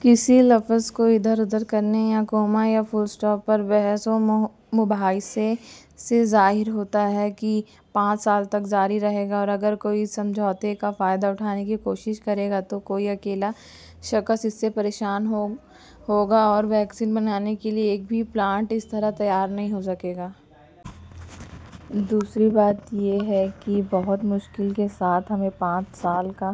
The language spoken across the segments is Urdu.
کسی لفظ کو اِدھر اُدھر کرنے یا کوما یا فل اسٹاپ پر بحث و مباحثے سے ظاہر ہوتا ہے کہ پانچ سال تک جاری رہے گا اور اگر کوئی اس سمجھوتے کا فائدہ اٹھانے کی کوشش کرے گا تو کوئی اکیلا شخص اس سے پریشان ہوگا اور ویکسین بنانے کے لیے ایک بھی پلانٹ اس طرح تیار نہیں ہو سکے گا۔ دوسری بات یہ ہے کہ بہت مشکل کے ساتھ ہمیں پانچ سال کا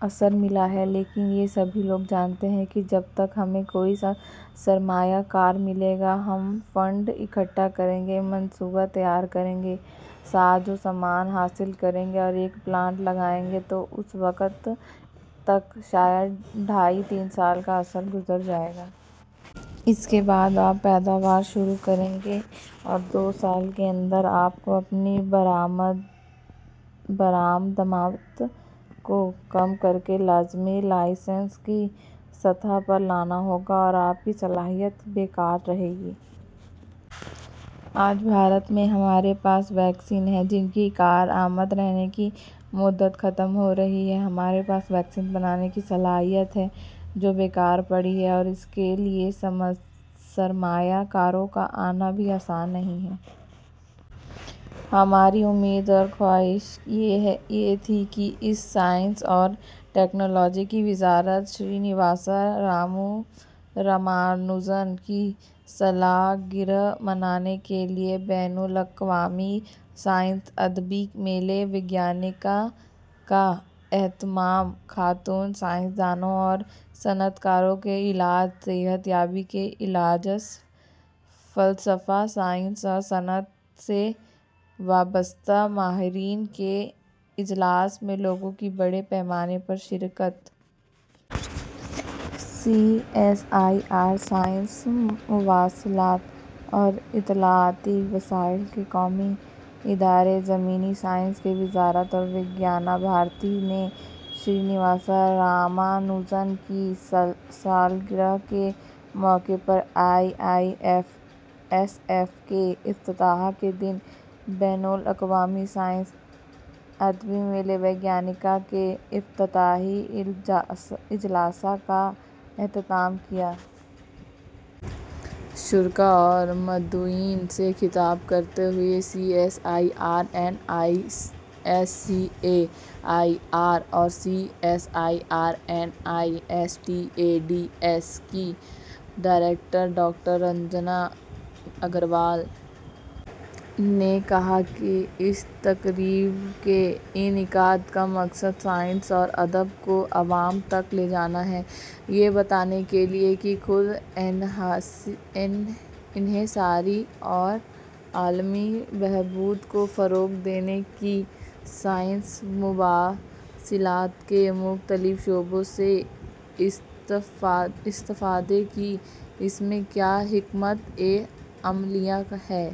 عرصہ ملا ہے، لیکن یہ سبھی لوگ جانتے ہیں کہ جب تک ہمیں کوئی سرمایہ کار ملے گا، ہم فنڈ اکٹھا کریں گے، منصوبہ تیار کریں گے، سازوسامان حاصل کریں گے اور ایک پلانٹ لگائیں گے، تو اس وقت تک شاید ڈھائی تین سال کا عرصہ گزر جائے گا۔ اس کے بعد آپ پیداوار شروع کریں گے اور دو سال کے اندر آپ کو اپنی برآمدات کو کم کرکے لازمی لائسنس کی سطح پر لانا ہوگا اور آپ کی صلاحیت بے کار رہے گی۔ آج بھارت میں ہمارے پاس ویکسین ہیں، جن کی کارآمد رہنے کی مدت ختم ہو رہی ہے، ہمارے پاس ویکسین بنانے کی صلاحیت ہے، جو بے کار پڑی ہے اور اس کے لیے سرمایہ کاروں کا آنا بھی آسان نہیں ہے۔ ہماری امید اور خواہش یہ تھی کہ اس— سائنس اور ٹیکنالوجی کی وزارت سری نواسا رامانوجن کی سالگرہ منانے کے لیے بین الاقوامی سائنسی ادبی میلے وگیانیکا کا اہتمام۔ ’’خاتون سائنس دانوں اور صنعت کاروں کے اجلاس‘‘، صحت یابی کے اجلاس، فلسفہ، سائنس اور صنعت سے وابستہ ماہرین کے اجلاس میں لوگوں کی بڑے پیمانے پر شرکت۔ سی ایس آئی آر-سائنسی مواصلات اور اطلاعاتی وسائل کے قومی ادارے، زمینی سائنس کی وزارت اور وجنانا بھارتی نے سری نواسا رامانوجن کی سالگرہ کے موقع پر آئی آئی ایس ایف کے افتتاح کے دن بین الاقوامی سائنسی ادبی میلہ وگیانیکا کے افتتاحی اجلاس کا اہتمام کیا۔ شرکا اور مدعوئین سے خطاب کرتے ہوئے C S I R N I S C A I R اور C S I R N I S T A D S کی ڈائریکٹر ڈاکٹر رنجنا اگروال نے کہا کہ اس تقریب کے انعقاد کا مقصد سائنس اور ادب کو عوام تک لے جانا ہے، یہ بتانے کے لیے کہ خود انحصاری اور عالمی بہبود کو فروغ دینے کی سائنسی مواصلات کے مختلف شعبوں سے استفادے کی اس میں کیا حکمت عملیاں ہیں۔